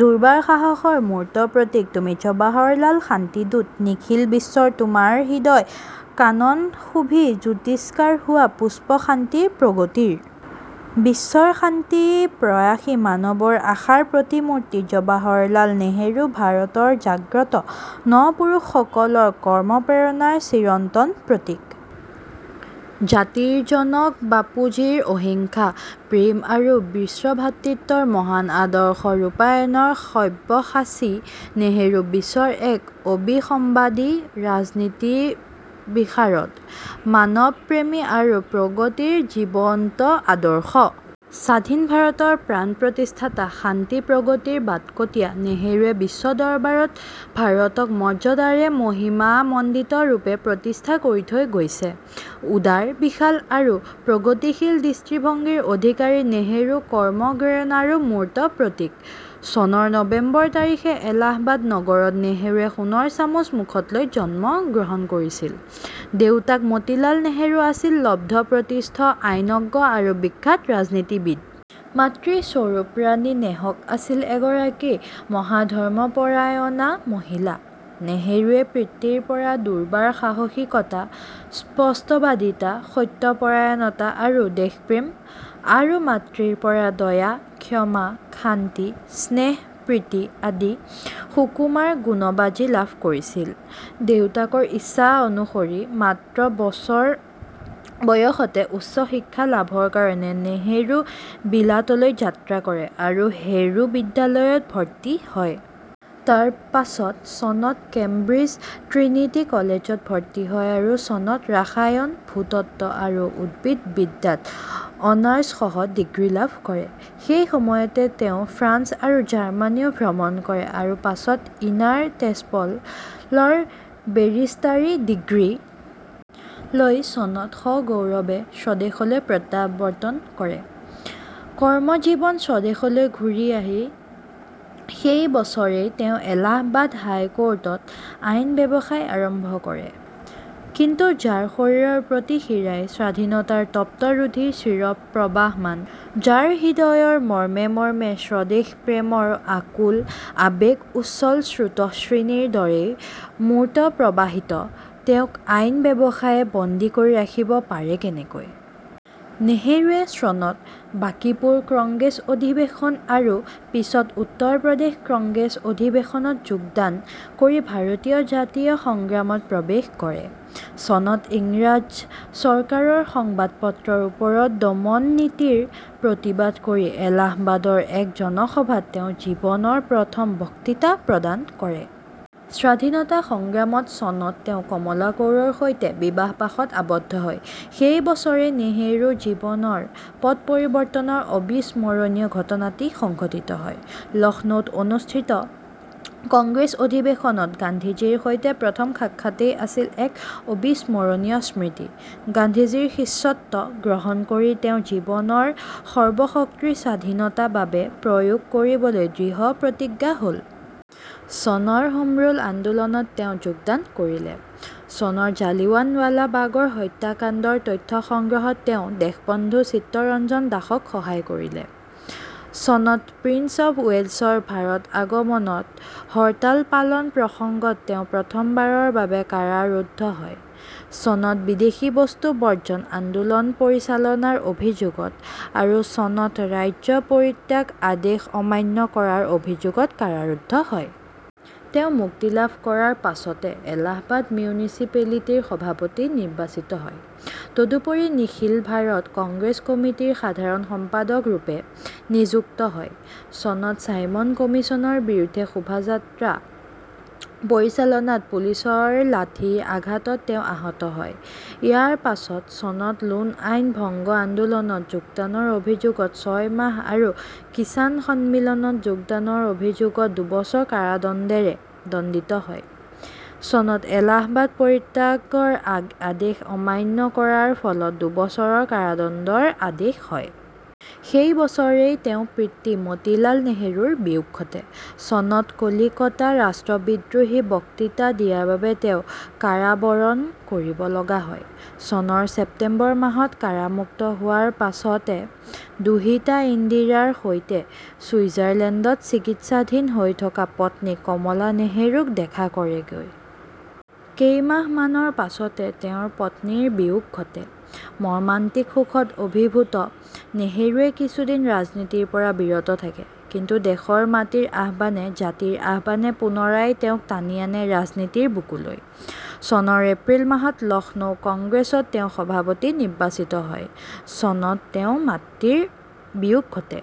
দুৰ্বাৰ সাহসৰ মূৰ্ত প্ৰতীক তুমি জৱাহৰলাল শান্তিদূত নিখিল বিশ্বৰ তোমাৰ হৃদয় কানন শোভি জাতিষ্কাৰ হোৱা পুষ্প শান্তি প্ৰগতিৰ ৷৷ বিশ্বৰ শান্তি-প্ৰয়াসী মানৱৰ আশাৰ প্ৰতিমূৰ্তি জৱাহৰলাল নেহৰু ভাৰতৰ জাগ্ৰত ন-পুৰুষসকলৰ কৰ্মপ্ৰেৰণাৰ চিৰন্তন প্ৰতীক। জাতিৰ জনক বাপুজীৰ অহিংসা, প্ৰেম আৰু বিশ্বভ্ৰাতৃত্বৰ মহান আদৰ্শ ৰূপায়ণৰ সব্যসাচী নেহৰু বিশ্বৰ এক অবিসম্বাদী ৰাজনীতিবিশাৰদ, মানৱ-প্ৰেমী আৰু প্ৰগতিৰ জীৱন্ত আদৰ্শ। স্বাধীন ভাৰতৰ প্ৰাণ প্ৰতিষ্ঠাতা, শান্তি প্ৰগতিৰ বাটকটীয়া নেহৰুৱে বিশ্ব দৰবাৰত ভাৰতক মৰ্যাদাৰে মহিমামণ্ডিতৰূপে প্ৰতিষ্ঠা কৰি থৈ গৈছে। উদাৰ, বিশাল, আৰু প্ৰগতিশীল দৃষ্টিভংগীৰ অধিকাৰী নেহৰু কৰ্মগ্ৰেৰণাৰো মূৰ্ত প্ৰতীক। চনৰ নৱেম্বৰ তাৰিখে এলাহাবাদ নগৰত নেহৰুৱে সোণৰ চামুচ মুখত লৈ জন্মগ্ৰহণ কৰিছিল৷ দেউতাক মতিলাল নেহৰু আছিল লব্ধ প্ৰতিষ্ঠ আইনজ্ঞ আৰু বিখ্যাত ৰাজনীতিবিদ! মাতৃ স্বৰূপৰাণী নেহক আছিল এগৰাকী মহাধৰ্মপৰায়ণা মহিলা। নেহৰুৱে পিতৃৰপৰা দুৰ্বাৰ সাহসিকতা, স্পষ্টবাদিতা, সত্যপৰায়ণতা আৰু দেশপ্ৰেম; আৰু মাতৃৰপৰা দয়া, ক্ষমা, শান্তি, স্নেহ-প্ৰীতি আদি সুকুমাৰ গুণবাজি লাভ কৰিছিল। দেউতাকৰ ইচ্ছা অনুসৰি মাত্ৰ বছৰ বয়সতে উচ্চ শিক্ষা লাভৰ কাৰণে নেহৰু বিলাতলৈ যাত্ৰা কৰে আৰু "হেৰো" বিদ্যালয়ত ভৰ্তি হয়। তাৰ পাছত চনত কেম্ব্ৰিজ "ট্ৰিনিটি" কলেজত ভৰ্তি হয় আৰু চনত ৰসায়ন, ভূ-তত্ত্ব আৰু উদ্ভিদ বিদ্যাত অনাৰ্ছসহ ডিগ্ৰী লাভ কৰে। সেই সময়তে তেওঁ ফ্ৰান্স আৰু জাৰ্মানীও ভ্ৰমণ কৰে আৰু পাছত "ইনাৰ টেস্পল" লৰ বেৰিষ্টাৰী ডিগ্ৰী লৈ চনত সগৌৰৱে স্বদেশলৈ প্ৰত্যাৱৰ্তন কৰে৷ কৰ্মজীৱন স্বদেশলৈ ঘূৰি আহি সেই বছৰেই তেওঁ এলাহাবাদ হাইকোৰ্টত আইন ব্যৱসায় আৰম্ভ কৰে ৷ কিন্তু যাৰ শৰীৰৰ প্ৰতি শিৰাই স্বাধীনতাৰ তপ্ত ৰুধিৰ চিৰ প্ৰৱাহমান, যাৰ হৃদয়ৰ মৰ্মে মৰ্মে স্বদেশ প্ৰেমৰ আকুল আৱেগ উচ্ছল স্ৰোতস্বিনীৰ দৰেই মূৰ্ত প্ৰৱাহিত, তেওঁক আইন ব্যৱসায়ে বন্দী কৰি ৰাখিব পাৰে কেনেকৈ? নেহৰুৱে চনত বাঁকীপুৰ কংগ্ৰেছ অধিবেশন আৰু পিছত উত্তৰ প্ৰদেশ কংগ্ৰেছ অধিৱেশনত যোগদান কৰি ভাৰতীয় জাতীয় সংগ্ৰামত প্ৰৱেশ কৰে। চনত ইংৰাজ চৰকাৰৰ সংবাদপত্ৰৰ ওপৰত দমননীতিৰ প্ৰতিবাদ কৰি এলাহাবাদৰ এক জনসভাত তেওঁ জীৱনৰ প্ৰথম বক্তৃতা প্ৰদান কৰে। স্বাধীনতা সংগ্ৰামত চনত তেওঁ কমলা কউৰৰ সৈতে বিবাহ-পাশত আবদ্ধ হয়। সেই বছৰেই নেহৰুৰ জীৱনৰ পট-পৰিৱৰ্তনৰ অবিস্মৰণীয় ঘটনাটি সংঘটিত হয়। লক্ষ্ণৌত অনুষ্ঠিত কংগ্ৰেছ অধিৱেশনত গান্ধীজীৰ সৈতে প্ৰথম সাক্ষাতেই আছিল এক অবিস্মৰণীয় স্মৃতি। গান্ধীজীৰ শিষ্যত্ব গ্ৰহণ কৰি তেওঁ জীৱনৰ সৰ্বশক্তি স্বাধীনতাৰ বাবে প্ৰয়োগ কৰিবলৈ দৃঢ় প্ৰতিজ্ঞা হ'ল। চনৰ হোমৰুল আন্দোলনত তেওঁ যোগদান কৰিলে। চনৰ জালিয়ানৱালাবাগৰ হত্যাকাণ্ডৰ তথ্য সংগ্ৰহত তেওঁ দেশবন্ধু চিত্তৰঞ্জন দাসক সহায় কৰিলে। চনত প্ৰিন্স অব্ ৱেলছৰ ভাৰত আগমনত হৰতাল পালন প্ৰসংগত তেওঁ প্ৰথমবাৰৰ বাবে কাৰাৰুদ্ধ হয়। চনত বিদেশী বস্তু বৰ্জন আন্দোলন পৰিচালনাৰ অভিযোগত আৰু চনত ৰাজ্য পৰিত্যাগৰ আদেশ অমান্য কৰাৰ অভিযোগত কাৰাৰুদ্ধ হয়। তেওঁ মুক্তি লাভ কৰাৰ পাছতে এলাহাবাদ মিউনিচিপেলিটিৰ সভাপতি নিৰ্বাচিত হয়; তদুপৰি নিখিল ভাৰত কংগ্ৰেছ কমিটীৰ সাধাৰণ সম্পাদকৰূপে নিযুক্ত হয়। চনত ছাইমন কমিছনৰ বিৰুদ্ধে শোভাযাত্ৰা পৰিচালনাত পুলিচৰ লাঠিৰ আঘাতত তেওঁ আহত হয়। ইয়াৰ পাছত চনত লোণ আইন ভংগ আন্দোলনত যোগদানৰ অভিযোগত ছয় মাহ আৰু কিষাণ সন্মিলনত যোগদানৰ অভিযোগত দুবছৰ কাৰাদণ্ডেৰে দণ্ডিত হয়; চনত এলাহাবাদ পৰিত্যাগৰ আ আদেশ অমান্য কৰাৰ ফলত দুবছৰৰ কাৰাদণ্ডৰ আদেশ হয়। সেই বছৰেই তেওঁৰ পিতৃ মতিলাল নেহৰুৰ বিয়োগ ঘটে। চনত কলিকতা ৰাষ্ট্ৰ বিদ্ৰোহী বক্তৃতা দিয়াৰ বাবে তেওঁ কাৰাবৰণ কৰিব লগা হয়। চনৰ ছেপ্তেম্বৰ মাহত কাৰামুক্ত হোৱাৰ পাছতে দুহিতা ইন্দিৰাৰ সৈতে ছুইজাৰলেণ্ডত চিকিৎসাধীন হৈ থকা পত্নী কমলা নেহৰুক দেখা কৰেগৈ। কেইমাহমানৰ পাছতে তেওঁৰ পত্নীৰ বিয়োগ ঘটে। মৰ্মান্তিক শোকত অভিভূত নেহৰুৱে কিছুদিন ৰাজনীতিৰপৰা বিৰত থাকে। কিন্তু দেশৰ মাটিৰ আহ্বানে, জাতিৰ আহ্বানে পুনৰায় তেওঁক টানি আনে ৰাজনীতিৰ বুকুলৈ; চনৰ এপ্ৰিল মাহত লক্ষ্ণৌ কংগ্ৰেছত তেওঁ সভাপতি নিৰ্বাচিত হয়। চনত তেওঁৰ মাতৃৰ বিয়োগ ঘটে।